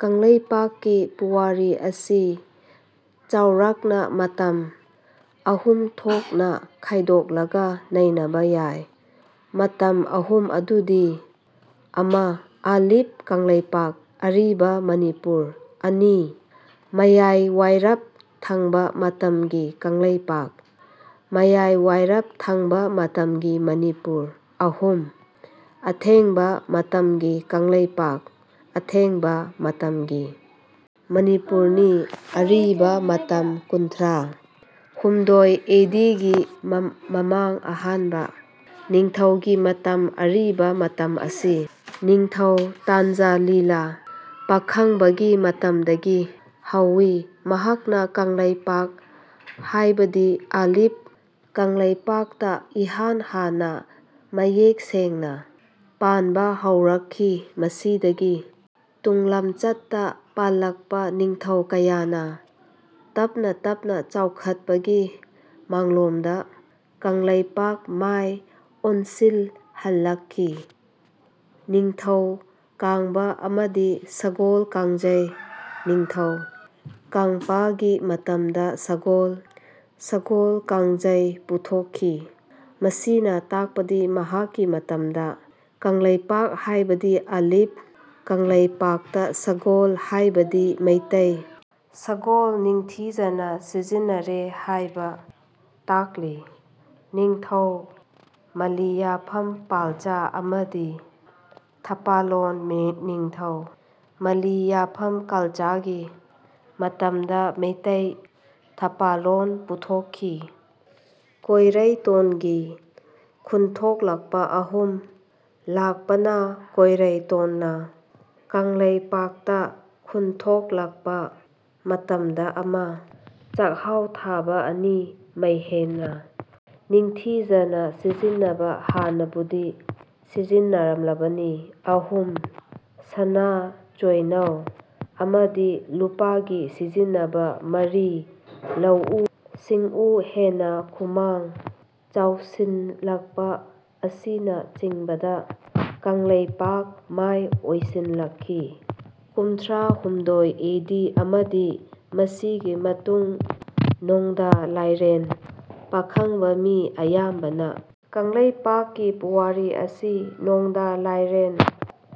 ꯀꯪꯂꯩꯄꯥꯛꯀꯤ ꯄꯨꯋꯥꯔꯤ ꯑꯁꯤ ꯆꯥꯎꯔꯥꯛꯅ ꯃꯇꯝ ꯑꯍꯨꯝ ꯊꯣꯛꯅ ꯈꯥꯢꯗꯣꯛꯂꯒ ꯅꯩꯅꯕ ꯌꯥꯢ꯫ ꯃꯇꯝ ꯑꯍꯨꯝ ꯑꯗꯨꯗꯤ: ꯑꯃ) ꯑꯂꯤꯄ ꯀꯪꯂꯩꯄꯥꯛ (ꯑꯔꯤꯕ ꯃꯅꯤꯄꯨꯔ) ꯑꯅꯤ) ꯃꯌꯥꯢꯋꯥꯢꯔꯞ ꯊꯪꯕ ꯃꯇꯝꯒꯤ ꯀꯪꯂꯩꯄꯥꯛ (ꯃꯌꯥꯢꯋꯥꯢꯔꯞ ꯊꯪꯕ ꯃꯇꯝꯒꯤ ꯃꯅꯤꯄꯨꯔ) ꯑꯍꯨꯝ) ꯑꯊꯦꯡꯕ ꯃꯇꯝꯒꯤ ꯀꯪꯂꯩꯄꯥꯛ (ꯑꯊꯦꯡꯕ ꯃꯇꯝꯒꯤ ꯃꯅꯤꯄꯨꯔ)ꯅꯤ꯫ ꯑꯔꯤꯕ ꯃꯇꯝ ꯀꯨꯟꯊ꯭ꯔꯥ ꯍꯨꯝꯗꯣꯏ ꯑꯦ ꯗꯤ ꯒꯤ ꯃꯃꯥꯡ ꯑꯍꯥꯟꯕ ꯅꯤꯡꯊꯧꯒꯤ ꯃꯇꯝ ꯑꯔꯤꯕ ꯃꯇꯝ ꯑꯁꯤ ꯅꯤꯡꯊꯧ ꯇꯥꯡꯖ ꯂꯤꯂ ꯄꯥꯈꯪꯕꯒꯤ ꯃꯇꯝꯗꯒꯤ ꯍꯧꯏ꯫ ꯃꯍꯥꯛꯅ ꯀꯪꯂꯩꯄꯥꯛ ꯍꯥꯢꯕꯗꯤ ꯑꯂꯤꯞ ꯀꯪꯂꯩꯄꯥꯛꯇ ꯏꯍꯥꯟ ꯍꯥꯟꯅ ꯃꯌꯦꯛ ꯁꯦꯡꯅ ꯄꯥꯟꯕ ꯍꯧꯔꯛꯈꯤ꯫ ꯃꯁꯤꯗꯒꯤ ꯇꯨꯡꯂꯝꯆꯠꯇ ꯄꯥꯜꯂꯛꯄ ꯅꯤꯡꯊꯧ ꯀꯌꯥꯅ ꯇꯞꯅ ꯇꯞꯅ ꯆꯥꯎꯈꯠꯄꯒꯤ ꯃꯥꯡꯂꯣꯝꯗ ꯀꯪꯂꯩꯄꯥꯛ ꯃꯥꯢ ꯑꯣꯟꯁꯤꯜꯍꯟꯂꯛꯈꯤ꯫ ꯅꯤꯡꯊꯧ ꯀꯥꯡꯕ ꯑꯃꯗꯤ ꯁꯒꯣꯜ ꯀꯥꯡꯖꯩ ꯅꯤꯡꯊꯧ ꯀꯥꯡꯄꯒꯤ ꯃꯇꯝꯗ ꯁꯒꯣꯜ ꯀꯥꯡꯖꯩ ꯄꯨꯊꯣꯛꯈꯤ꯫ ꯃꯁꯤꯅ ꯇꯥꯛꯄꯗꯤ ꯃꯍꯥꯛꯀꯤ ꯃꯇꯝꯗ ꯀꯪꯂꯩꯄꯥꯛ ꯍꯥꯢꯕꯗꯤ ꯑꯂꯤꯞ ꯀꯪꯂꯩꯄꯥꯛꯇ ꯁꯒꯣꯜ ꯍꯥꯢꯕꯗꯤ ꯃꯩꯇꯩ ꯁꯒꯣꯜ ꯅꯤꯡꯊꯤꯖꯅ ꯁꯤꯖꯤꯟꯅꯔꯦ ꯍꯥꯢꯕ ꯇꯥꯛꯂꯤ꯫ ꯅꯤꯡꯊꯧ ꯃꯂꯤꯌꯥꯐꯝ ꯄꯥꯜꯆꯥ ꯑꯃꯗꯤ ꯊꯥꯄꯥꯂꯣꯟ ꯅꯤꯡꯊꯧ ꯃꯂꯤꯌꯥꯐꯝ ꯄꯥꯜꯆꯥꯒꯤ ꯃꯇꯝꯗ ꯃꯤꯇꯩ ꯊꯄꯥꯂꯣꯟ ꯄꯨꯊꯣꯛꯈꯤ꯫ ꯄꯣꯢꯔꯩꯇꯣꯟ ꯒꯤ ꯈꯨꯟꯊꯣꯛꯂꯛꯄ ꯑꯁꯨꯝ ꯂꯥꯛꯄꯅ ꯄꯣꯢꯔꯩꯇꯣꯟꯅ ꯀꯪꯂꯩꯄꯥꯛ ꯇ ꯈꯨꯟꯊꯣꯛꯂꯛꯄ ꯃꯇꯝꯗ ꯑꯃ) ꯆꯥꯛꯍꯥꯎ ꯊꯥꯕ, ꯑꯅꯤ) ꯃꯩ ꯍꯦꯟꯅ ꯅꯤꯡꯊꯤꯖꯅ ꯁꯤꯖꯤꯟꯕ (ꯍꯥꯟꯅꯕꯨꯗꯤ ꯁꯤꯖꯤꯟꯅꯔꯝꯂꯕꯅꯤ), ꯑꯍꯨꯝ) ꯁꯅꯥ (ꯆꯣꯢꯅꯧ) ꯑꯃꯗꯤ ꯂꯨꯄꯥ ꯒꯤ ꯁꯤꯖꯤꯟꯅꯕ, ꯃꯔꯤ) ꯂꯧꯎ ꯁꯤꯡꯎ ꯍꯦꯟꯅ ꯈꯨꯃꯥꯡ ꯆꯥꯎꯁꯤꯟꯂꯛꯄ ꯑꯁꯤꯅꯆꯤꯡꯕꯗ ꯀꯪꯂꯩꯄꯥꯛ ꯃꯥꯢ ꯑꯣꯟꯁꯤꯜꯂꯛꯈꯤ꯫ ꯀꯨꯟꯊ꯭ꯔꯥ ꯍꯨꯝꯗꯣꯏ ꯑꯦ ꯗꯤ ꯑꯃꯗꯤ ꯃꯁꯤꯒꯤ ꯃꯇꯨꯡ ꯅꯣꯡꯗꯥ ꯂꯥꯢꯔꯦꯟ ꯄꯥꯈꯪꯕ ꯃꯤ ꯑꯌꯥꯝꯕꯅ ꯀꯪꯂꯩꯄꯥꯛꯀꯤ ꯄꯨꯋꯥꯔꯤ ꯑꯁꯤ ꯅꯣꯡꯗꯥ ꯂꯥꯢꯔꯦꯟ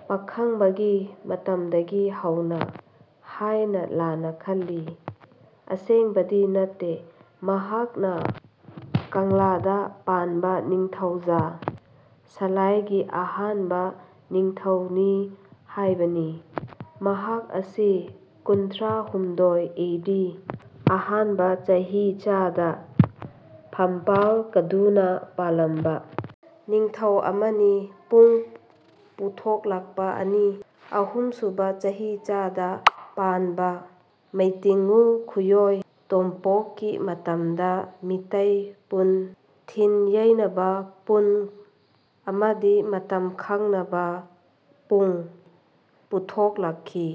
ꯄꯥꯈꯪꯕꯒꯤ ꯃꯇꯝꯗꯒꯤ ꯍꯧꯏ ꯍꯥꯢꯅ ꯂꯥꯟꯅ ꯈꯜꯂꯤ꯫ ꯑꯁꯦꯡꯕꯗꯤ ꯅꯠꯇꯦ꯫ ꯃꯍꯥꯛꯅ ꯀꯪꯂꯥꯗ ꯄꯥꯟꯕ ꯅꯤꯡꯊꯧꯖꯥ ꯁꯂꯥꯢꯒꯤ ꯑꯍꯥꯟꯕ ꯅꯤꯡꯊꯧꯅꯤ ꯍꯥꯢꯕꯅꯤ꯫ ꯃꯍꯥꯛ ꯑꯁꯤ ꯀꯨꯟꯊ꯭ꯔꯥ ꯍꯨꯝꯗꯣꯏ ꯑꯦ ꯗꯤ (ꯑꯍꯥꯟꯕ ꯆꯍꯤꯆꯥ) ꯗ ꯐꯝꯄꯥꯜ ꯀꯥꯗꯨꯅ ꯄꯥꯂꯝꯕ ꯅꯤꯡꯊꯧ ꯑꯃꯅꯤ꯫ ꯄꯨꯡ ꯄꯨꯊꯣꯛꯂꯛꯄ ꯑꯅꯤ - ꯑꯍꯨꯝ ꯁꯨꯕ ꯆꯍꯤꯆꯥ ꯗ ꯄꯥꯟꯕ ꯃꯩꯇꯤꯡꯉꯨ ꯈꯨꯌꯣꯢ ꯇꯣꯝꯄꯣꯛꯒꯤ ꯃꯇꯝꯗ ꯃꯤꯇꯩ ꯄꯨꯡ (ꯊꯤꯟ-ꯌꯦꯢꯅꯕ ꯄꯨꯡ ꯑꯃꯗꯤ ꯃꯇꯝ ꯈꯪꯅꯕ ꯄꯨꯡ) ꯄꯨꯊꯣꯛꯂꯛꯈꯤ꯫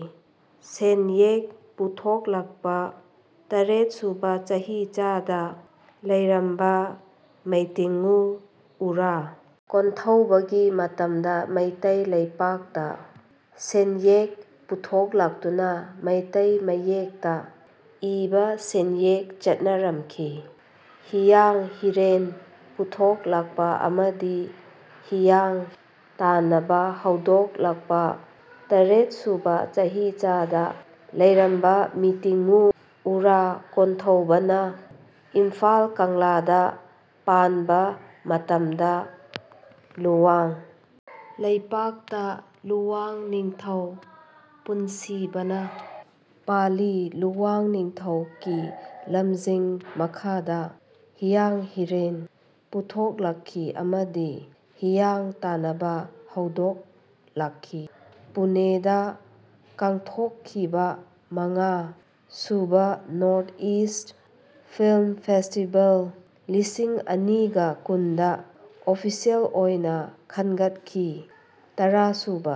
ꯁꯦꯟꯌꯦꯛ ꯄꯨꯊꯣꯛꯂꯛꯄ ꯇꯔꯦꯠ ꯁꯨꯕ ꯆꯍꯤꯆꯥ ꯗ ꯂꯩꯔꯝꯕ ꯃꯩꯇꯤꯡꯉꯨ ꯎꯔꯥ ꯀꯣꯟꯊꯧꯕ ꯒꯤ ꯃꯇꯝꯗ ꯃꯩꯇꯩ ꯂꯩꯄꯥꯛꯇ ꯁꯦꯟꯌꯦꯛ ꯄꯨꯊꯣꯛꯂꯛꯇꯨꯅ ꯃꯤꯇꯩ ꯃꯌꯦꯛꯇ ꯏꯕ ꯁꯦꯟꯌꯦꯛ ꯆꯠꯅꯔꯛꯈꯤ꯫ ꯍꯤꯌꯥꯡ ꯍꯤꯔꯦꯟ ꯄꯨꯊꯣꯛꯂꯛꯄ ꯑꯃꯗꯤ ꯍꯤꯌꯥꯡ ꯇꯥꯟꯅꯕ ꯍꯧꯗꯣꯛꯂꯛꯄ ꯇꯔꯦꯠ ꯁꯨꯕ ꯆꯍꯤꯆꯥ ꯗ ꯂꯩꯔꯝꯕ ꯃꯩꯇꯤꯡꯉꯨ ꯎꯔꯥ ꯀꯣꯟꯊꯧꯕ ꯅ ꯏꯝꯐꯥꯜ ꯀꯪꯂꯥꯗ ꯄꯥꯟꯕ ꯃꯇꯝꯗ ꯂꯨꯋꯥꯡ ꯂꯩꯄꯥꯛꯇ ꯂꯨꯋꯥꯡ ꯅꯤꯡꯊꯧ ꯄꯨꯟꯁꯤꯕ ꯅ ꯄꯥꯜꯂꯤ꯫ ꯂꯨꯋꯥꯡ ꯅꯤꯡꯊꯧ ꯀꯤ ꯂꯝꯖꯤꯡ ꯃꯈꯥꯗ ꯍꯤꯌꯥꯡ ꯍꯤꯔꯦꯟ ꯄꯨꯊꯣꯛꯂꯛꯈꯤ ꯑꯃꯗꯤ ꯍꯤꯌꯥꯡ ꯇꯥꯟꯅꯕ ꯍꯧꯗꯣꯛꯂꯛꯈꯤ꯫ ꯄꯨꯅꯦꯗ ꯄꯥꯡꯊꯣꯛꯈꯤꯕ ꯃꯉꯥ ꯁꯨꯕ ꯅꯣꯔ꯭ꯊ-ꯏꯁ꯭ꯠ ꯐꯤꯂꯝ ꯐꯦꯁꯇꯤꯚꯦꯜ ꯂꯤꯁꯤꯡ ꯑꯅꯤꯒ ꯀꯨꯟꯗ ꯑꯣꯐꯤꯁ꯭ꯌꯦꯜ ꯑꯣꯏꯅ ꯈꯟꯒꯠꯈꯤ꯫ ꯇꯔꯥ ꯁꯨꯕ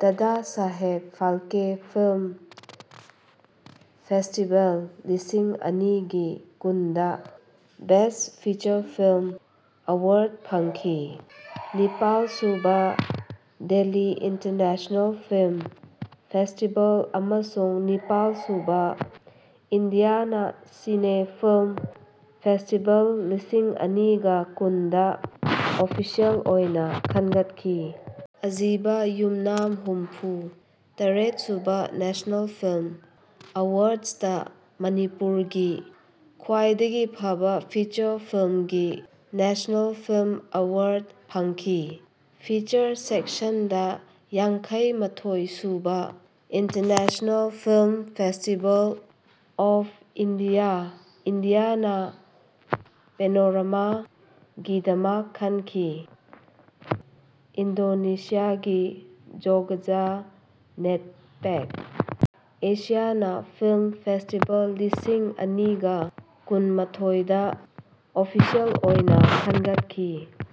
ꯗꯥꯗꯥ ꯁꯥꯍꯦꯕ ꯐꯥꯜꯀꯦ ꯐꯤꯂꯝ ꯐꯦꯁꯇꯤꯚꯦꯜ ꯂꯤꯁꯤꯡ ꯑꯅꯤꯒ ꯀꯨꯟꯗ ꯕꯦꯁ꯭ꯠ ꯐꯤꯆꯔ ꯐꯤꯂꯝ ꯑꯦꯋꯥꯔ꯭ꯗ ꯐꯪꯈꯤ꯫ ꯅꯤꯄꯥꯜ ꯁꯨꯕ ꯗꯦꯜꯂꯤ ꯏꯟꯇꯔꯅꯦꯁꯅꯦꯜ ꯐꯤꯂꯝ ꯐꯦꯁꯇꯤꯚꯦꯜ ꯑꯃꯁꯨꯡ ꯅꯤꯄꯥꯜ ꯁꯨꯕ ꯏꯟꯗꯤꯌꯟ ꯁꯤꯅꯦ ꯐꯤꯜꯝ ꯐꯦꯁꯇꯤꯚꯦꯜ ꯂꯤꯁꯤꯡ ꯑꯅꯤꯒ ꯀꯨꯟ ꯗ ꯑꯣꯐꯤꯁꯤꯌꯦꯜ ꯑꯣꯏꯅ ꯈꯟꯒꯠꯈꯤ꯫ ꯑꯖꯤꯠ ꯌꯨꯝꯅꯥꯝ ꯍꯨꯝꯐꯨ ꯇꯔꯦꯠ ꯁꯨꯕ ꯅꯦꯁꯅꯦꯜ ꯐꯤꯜꯝ ꯑꯦꯋꯥꯔ꯭ꯗꯁꯇ ꯃꯅꯤꯄꯨꯔꯒꯤ ꯈ꯭ꯋꯥꯏꯗꯒꯤ ꯐꯕ ꯐꯤꯆꯔ ꯐꯤꯜꯝꯒꯤ ꯅꯦꯁꯅꯦꯜ ꯐꯤꯜꯝ ꯑꯦꯋꯥꯔ꯭ꯗ ꯐꯪꯈꯤ꯫ ꯐꯤꯆꯔ ꯁꯦꯛꯁꯟꯗ ꯌꯥꯡꯈꯩ ꯃꯥꯊꯣꯏ ꯁꯨꯕ international film festival of India (Indian panorama) ꯒꯤꯗꯃꯛ ꯈꯟꯈꯤ꯫ ꯏꯟꯗꯣꯅꯦꯁꯤꯌꯥꯒꯤ ꯖꯣꯒꯖꯥ-ꯅꯦꯠꯄꯦꯛ ꯑꯦꯁꯤꯌꯥꯟ ꯐꯤꯜꯝ ꯐꯦꯁꯇꯤꯚꯜ ꯂꯤꯁꯤꯡ ꯑꯅꯤꯒ ꯀꯨꯟ ꯃꯥꯊꯣꯏꯗ ꯑꯣꯐꯤꯁꯤꯌꯦꯜ ꯑꯣꯏꯅ ꯈꯟꯒꯠꯈꯤ꯫